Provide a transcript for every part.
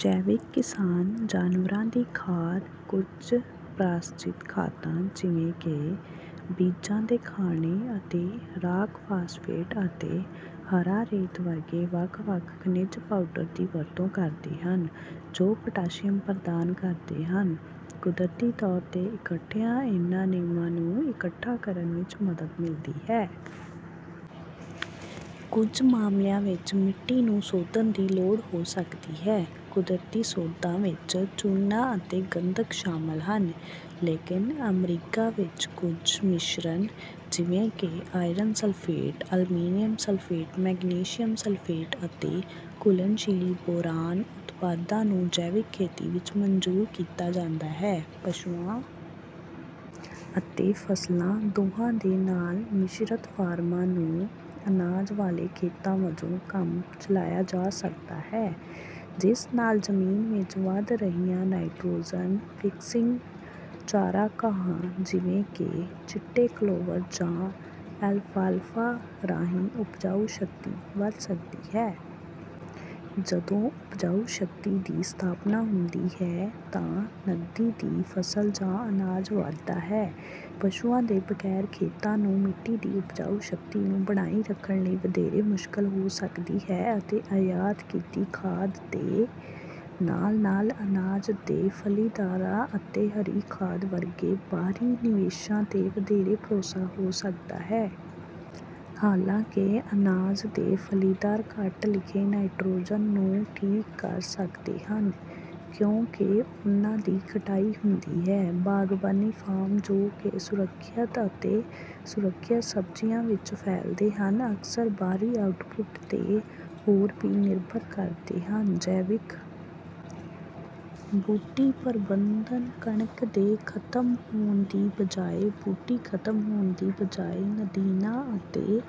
ਜੈਵਿਕ ਕਿਸਾਨ ਜਾਨਵਰਾਂ ਦੀ ਖਾਦ, ਕੁਝ ਪ੍ਰਾਸਜਿਤ ਖਾਦਾਂ, ਜਿਵੇਂ ਕਿ ਬੀਜਾਂ ਦੇ ਖਾਣੇ ਅਤੇ ਰਾਕ ਫਾਸਫੇਟ, ਅਤੇ ਹਰਾ ਰੇਤ ਵਰਗੇ ਵੱਖ-ਵੱਖ ਖਣਿਜ ਪਾਊਂਡਰ ਦੀ ਵਰਤੋਂ ਕਰਦੇ ਹਨ, ਜੋ ਪੋਟਾਸ਼ੀਅਮ ਪ੍ਰਦਾਨ ਕਰਦੇ ਹਨ। ਕੁਦਰਤੀ ਤੌਰ 'ਤੇ ਇਕੱਠਿਆਂ, ਇਨ੍ਹਾਂ ਨਿਯਮਾਂ ਨੂੰ ਇਕੱਠਾ ਕਰਨ ਵਿੱਚ ਮਦਦ ਮਿਲਦੀ ਹੈ। ਕੁਝ ਮਾਮਲਿਆਂ ਵਿੱਚ ਮਿੱਟੀ ਨੂੰ ਸੋਧਣ ਦੀ ਲੋੜ ਹੋ ਸਕਦੀ ਹੈ। ਕੁਦਰਤੀ ਸੋਧਾਂ ਵਿੱਚ ਚੂਨਾ ਅਤੇ ਗੰਧਕ ਸ਼ਾਮਲ ਹਨ, ਲੇਕਿਨ ਅਮਰੀਕਾ ਵਿੱਚ ਕੁਝ ਮਿਸ਼ਰਣ, ਜਿਵੇਂ ਕਿ iron sulphate, aluminium sulphate, magnesium sulphate ਅਤੇ ਘੁਲਣਸ਼ੀਲ ਬੋਰਾਨ ਉਤਪਾਦਾਂ ਨੂੰ ਜੈਵਿਕ ਖੇਤੀ ਵਿੱਚ ਮਨਜ਼ੂਰ ਕੀਤਾ ਜਾਂਦਾ ਹੈ। ਪਸ਼ੂਆਂ ਅਤੇ ਫ਼ਸਲਾਂ ਦੋਹਾਂ ਦੇ ਨਾਲ ਮਿਸ਼ਰਤ ਫਾਰਮਾਂ ਨੂੰ ਅਨਾਜ ਵਾਲੇ ਖੇਤਾਂ ਵਜੋਂ ਕੰਮ ਚਲਾਇਆ ਜਾ ਸਕਦਾ ਹੈ, ਜਿਸ ਨਾਲ ਜ਼ਮੀਨ ਵਿੱਚ ਵਧ ਰਹੀਆਂ ਨਾਈਟ੍ਰੋਜਨ-ਫਿਕਸਿੰਗ ਚਾਰਾ ਘਾਹਾਂ, ਜਿਵੇਂ ਕਿ ਚਿੱਟੇ ਕਲੋਵਰ ਜਾਂ ਐਲਫਾਲਫਾ, ਰਾਹੀਂ ਉਪਜਾਊ ਸ਼ਕਤੀ ਵਧ ਸਕਦੀ ਹੈ। ਜਦੋਂ ਉਪਜਾਊ ਸ਼ਕਤੀ ਦੀ ਸਥਾਪਨਾ ਹੁੰਦੀ ਹੈ, ਤਾਂ ਨਕਦੀ ਦੀ ਫ਼ਸਲ ਜਾਂ ਅਨਾਜ ਵਧਦਾ ਹੈ। ਪਸ਼ੂਆਂ ਦੇ ਬਗੈਰ ਖੇਤਾਂ ਨੂੰ ਮਿੱਟੀ ਦੀ ਉਪਜਾਊ ਸ਼ਕਤੀ ਨੂੰ ਬਣਾਈ ਰੱਖਣ ਲਈ ਵਧੇਰੇ ਮੁਸ਼ਕਲ ਹੋ ਸਕਦੀ ਹੈ ਅਤੇ ਆਯਾਤ ਕੀਤੀ ਖਾਦ ਦੇ ਨਾਲ-ਨਾਲ ਅਨਾਜ ਦੇ ਫਲ਼ੀਦਾਰਾਂ ਅਤੇ ਹਰੀ ਖਾਦ ਵਰਗੇ ਬਾਹਰੀ ਨਿਵੇਸ਼ਾਂ 'ਤੇ ਵਧੇਰੇ ਭਰੋਸਾ ਹੋ ਸਕਦਾ ਹੈ। ਹਾਲਾਂਕਿ, ਅਨਾਜ ਦੇ ਫਲ਼ੀਦਾਰ ਘੱਟ ਲਿਖੇ ਨਾਈਟ੍ਰੋਜਨ ਨੂੰ ਠੀਕ ਕਰ ਸਕਦੇ ਹਨ, ਕਿਉਂਕਿ ਉਹਨਾਂ ਦੀ ਕਟਾਈ ਹੁੰਦੀ ਹੈ। ਬਾਗਬਾਨੀ ਫਾਰਮ, ਜੋ ਕਿ ਸੁਰੱਖਿਅਤ ਅਤੇ ਸੁਰੱਖਿਅਤ ਸਬਜ਼ੀਆਂ ਵਿੱਚ ਫੈਲਦੇ ਹਨ, ਅਕਸਰ ਬਾਹਰੀ ਆਉਟਪੁੱਟ 'ਤੇ ਹੋਰ ਵੀ ਨਿਰਭਰ ਕਰਦੇ ਹਨ। ਜੈਵਿਕ ਬੂਟੀ ਪ੍ਰਬੰਧਨ ਕਣਕ ਦੇ ਖਤਮ ਹੋਣ ਦੀ ਬਜਾਏ, ਬੂਟੀ ਖਤਮ ਹੋਣ ਦੀ ਬਜਾਏ, ਨਦੀਣਾਂ ਤੇ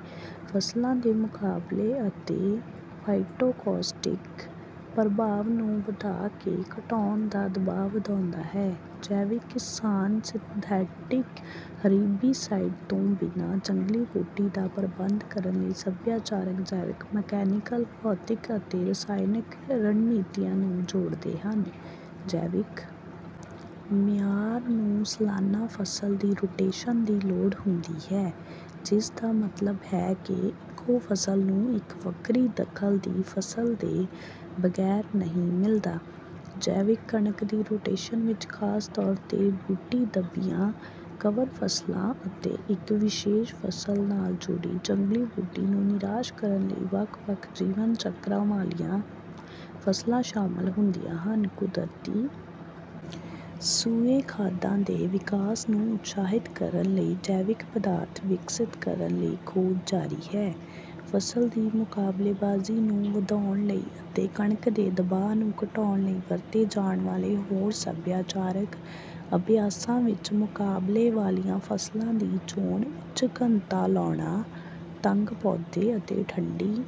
ਫ਼ਸਲਾਂ ਦੇ ਮੁਕਾਬਲੇ ਅਤੇ ਫ਼ਾਇਟੋਕੌਸਟਿਕ ਪ੍ਰਭਾਵ ਨੂੰ ਵਧਾ ਕੇ ਘਟਾਉਣ ਦਾ ਦਬਾਅ ਵਧਾਉਂਦਾ ਹੈ। ਜੈਵਿਕ ਕਿਸਾਨ ਸਿੰਥੈਟਿਕ ਹਰੀਬੀਸਾਈਡ ਤੋਂ ਬਿਨਾਂ ਜੰਗਲੀ ਬੂਟੀ ਦਾ ਪ੍ਰਬੰਧ ਕਰਨ ਲਈ ਸੱਭਿਆਚਾਰਕ, ਜੈਵਿਕ, ਮਕੈਨੀਕਲ, ਭੌਤਿਕ ਅਤੇ ਰਸਾਇਣਕ ਰਣਨੀਤੀਆਂ ਨੂੰ ਜੋੜਦੇ ਹਨ। ਜੈਵਿਕ ਮਿਆਰ ਨੂੰ ਸਾਲਾਨਾ ਫ਼ਸਲ ਦੀ ਰੋਟੇਸ਼ਨ ਦੀ ਲੋੜ ਹੁੰਦੀ ਹੈ, ਜਿਸਦਾ ਮਤਲਬ ਹੈ ਕਿ ਇੱਕੋ ਫ਼ਸਲ ਨੂੰ ਇੱਕ ਵੱਖਰੀ, ਦਖ਼ਲ ਦੀ ਫ਼ਸਲ ਦੇ ਬਗੈਰ ਨਹੀਂ ਮਿਲਦਾ। ਜੈਵਿਕ ਕਣਕ ਦੀ ਰੋਟੇਸ਼ਨ ਵਿੱਚ ਖ਼ਾਸ ਤੌਰ 'ਤੇ ਬੂਟੀ-ਦੱਬੀਆਂ ਕਵਰ ਫ਼ਸਲਾਂ ਅਤੇ ਇੱਕ ਵਿਸ਼ੇਸ਼ ਫ਼ਸਲ ਨਾਲ ਜੁੜੀ ਜੰਗਲੀ ਬੂਟੀ ਨੂੰ ਨਿਰਾਸ਼ ਕਰਨ ਲਈ ਵੱਖ-ਵੱਖ ਜੀਵਨ ਚੱਕਰਾਂ ਵਾਲੀਆਂ ਫ਼ਸਲਾਂ ਸ਼ਾਮਲ ਹੁੰਦੀਆਂ ਹਨ। ਕੁਦਰਤੀ ਸੂਏ ਖਾਦਾਂ ਦੇ ਵਿਕਾਸ ਨੂੰ ਉਤਸ਼ਾਹਿਤ ਕਰਨ ਲਈ ਜੈਵਿਕ ਪਦਾਰਥ ਵਿਕਸਤ ਕਰਨ ਲਈ ਖੋਜ ਜਾਰੀ ਹੈ। ਫ਼ਸਲ ਦੀ ਮੁਕਾਬਲੇਬਾਜ਼ੀ ਨੂੰ ਵਧਾਉਣ ਲਈ ਅਤੇ ਕਣਕ ਦੇ ਦਬਾਅ ਨੂੰ ਘਟਾਉਣ ਲਈ ਵਰਤੇ ਜਾਣ ਵਾਲੇ ਹੋਰ ਸੱਭਿਆਚਾਰਕ ਅਭਿਆਸਾਂ ਵਿੱਚ ਮੁਕਾਬਲੇ ਵਾਲੀਆਂ ਫ਼ਸਲਾਂ ਦੀ ਚੋਣ, ਉੱਚ ਘਣਤਾ ਲਾਉਣਾ, ਤੰਗ ਪੌਦੇ ਅਤੇ ਠੰਢੀ...